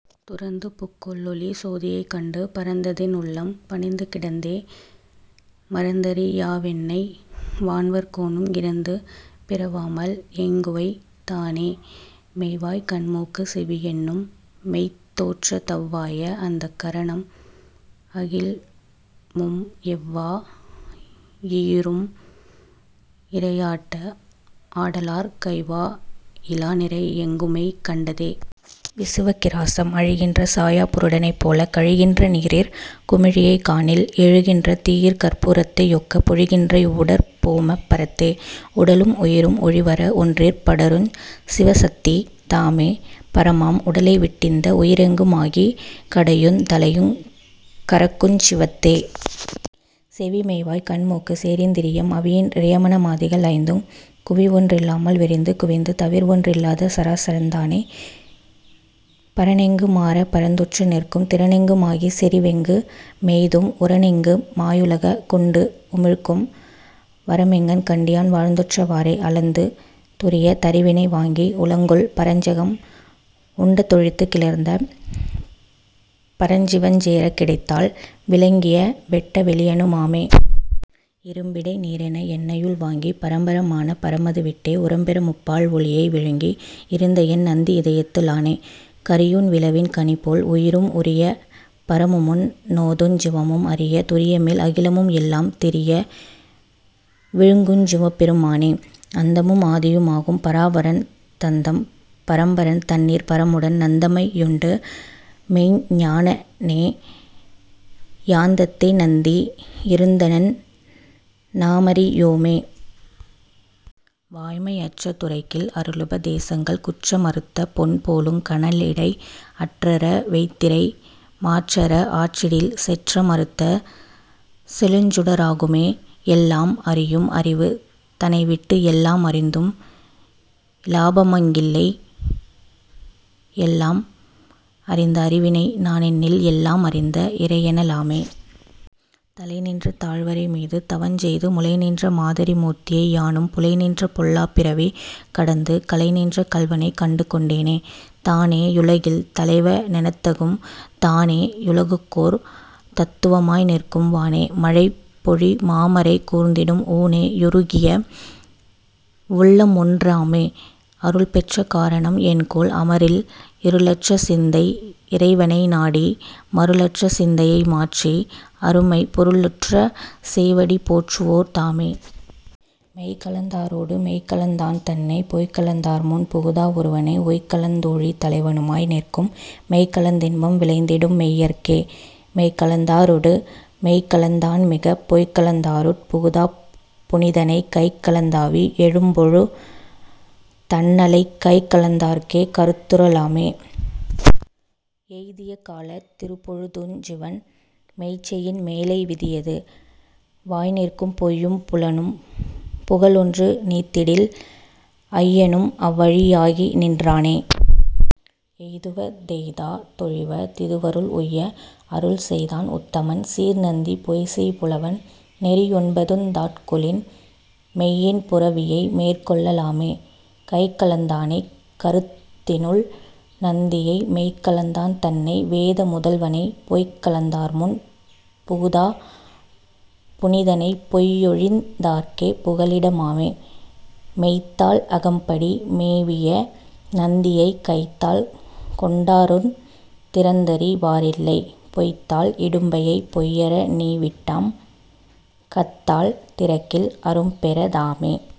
துறந்துபுக் கொள்ளொளி சோதியைக் கண்டு பறந்ததென் உள்ளம் பணிந்து கிடந்தே மறந்தறி யாவென்னை வான்வர் கோனும் இறந்து பிறவாமல் ஈங்குவைத் தானே.. மெய்வாய் கண்மூக்குச் செவியென்னும் மெய்த் தோற்றத் தவ்வாய அந்தக் கரணம் அகில்மும் எவ்வா யியுரும் இறையாட்ட ஆடலாற் கைவா யிலாநிறை எங்குமெய் கண்டதே... விசுவக் கிராசம். அழிகின்ற சாயா புருடனைப் போலக் கழிகின்ற நீரிற் குமிழியைக் காணில் எழுகின்ற தீயிற்கர்ப் பூரத்தை யொக்கப் பொழிகின்ற இவ்வுடற் போமப் பரத்தே.. உடலும் உயிரும் ஒழிவற ஒன்றிற் படருஞ் சிவசத்தி தாமே பரமாம் உடலைவிட் டிந்த உயிரெங்கு மாகிக் கடையுந் தலையுங் கரக்குஞ் சிவத்தே.. செவிமெய்வாய் கண்மூக்குச் சேரிந் திரியம் அவியின் றியமன மாதிகள் ஐந்துங் குவிவொன் றிலாமல் விரிந்து குவிந்து தவிர்வொன் றிலாத சராசரந் தானே.. பரனெங்கு மாரப் பரந்துற்று நிற்கும் திரனெங்கு மாகிச் செறிவெங்கு மெய்தும் உரனெங்கு மாயுல குண்டு உமிழ்க்கும் வரமிங்ஙன் கண்டியான் வாழ்ந்துற்ற வாறே.. அளந்து துரியத் தறிவினை வாங்கி உளங்கொள் பரஞ்சகம் உண்ட தொழித்துக் கிளர்ந்த பரஞ்சிவஞ்சேரக் கிடைத்தால் விளங்கிய வெட்ட வெளியனு மாமே.. இரும்பிடை நீரென என்னையுள் வாங்கிப் பரம்பர மான பரமது விட்டே உரம்பெற முப்பாழ் ஒளியை விழுங்கி இருந்தஎன் நந்தி இதயத்து ளானே.. கரியுண் விளவின் கனிபோல் உயிரும் உரிய பரமுமுன் னோதுஞ் சிவமும் அரிய துரியமேல் அகிலமும் எல்லாம் திரிய விழுங்குஞ் சிவபெரு மானே.. அந்தமும் ஆதியும் ஆகும் பராபரன் தந்தம் பரம்பரன் தன்னிற் பரமுடன் நந்தமை யுண்டுமெய்ஞ் ஞானநே யாந்தத்தே நந்தி யிருந்தனன் நாமறி யோமே... வாய்மை அற்ற துரைக்கில் அருளுப தேசங்கள் குற்ற மறுத்தபொன் போலுங் கனலிடை அற்றற வைத்திறை மாற்றற ஆற்றிடில் செற்றம் அறுத்த செழுஞ்சுட ராகுமே.. எல்லாம் அறியும் அறிவு தனைவிட்டு எல்லாம் அறிந்தும் இலாபமங் கில்லை எல்லாம் அறிந்த அறிவினை நானென்னில் எல்லாம் அறிந்த இறையென லாமே.. தலைநின்ற தாழ்வரை மீது தவஞ்செய்து முலைநின்ற மாதறி மூர்த்தியை யானும் புலைநின்ற பொல்லாப் பிறவி கடந்து கலைநின்ற கள்வனை கண்டுகொண் டேனே.. தானே யுலகில் தலைவ னெனத்தகும் தானே யுலகுக்கோர் தத்துவ மாய்நிற்கும் வானே மழைபொழி மாமறை கூர்ந்திடும் ஊனே யுருகிய வுள்ளமொன் றாமே.. அருள்பெற்ற காரணம் என்கொல் அமரில் இருளற்ற சிந்தை இறைவனை நாடி மருளுற்ற சிந்தையை மாற்றி அருமைப் பொருளுற்ற சேவடி போற்றுவோர் தாமே.. மெய்கலந் தாரொடு மெய்கலந் தான்தன்னை பொய்கலந் தார்முன் புகுதா ஒருவனை உய்கலந் தூழித் தலைவனுமாய் நிற்கும் மெய்கலந் தின்பம் விளைந்திடும் மெய்யர்க்கே.. மெய்கலந் தாரொடு மெய்கலந் தான்மிகப் பொய்கலந் தாருட் புகுதாப் புனிதனை கைகலந் தாவி எழும்பொழு தண்ணலைக் கைகலந் தார்க்கே கருத்துற லாமே.. எய்திய காலத் திருபொழு துஞ்சிவன் மெய்செயின் மேலை விதியது வாய்நிற்கும் பொய்யும் புலனும் புகலொன்று நீத்திடில் ஐயனும் அவ்வழி யாகிநின் றானே.. எய்துவ தெய்தா தொழிவ திதுவருள் உய்ய அருள்செய்தான் உத்தமன் சீர்நந்தி பொய்செய்புலன் நெறியொன்பதுந்தாட்கொளின் மெய்யென் புரவியை மேற்கொள்ள லாமே.. கைகலந் தானை கருத்தினுள் நந்தியை மெய்கலந் தான்தன்னை வேத முதல்வனைப் பொய்கலந் தார்முன் புகுதாப் புனிதனைப் பொய்யொழிந் தார்க்கே புகலிட மாமே. மெய்த்தாள் அகம்படி மேவிய நந்தியைக் கைத்தாள் கொண்டாருந் திறந்தறி வாரில்லை பொய்த்தாள் இடும்பையைப் பொய்யற நீவிட்டாம் கத்தாள் திறக்கில் அரும் பேற தாமே..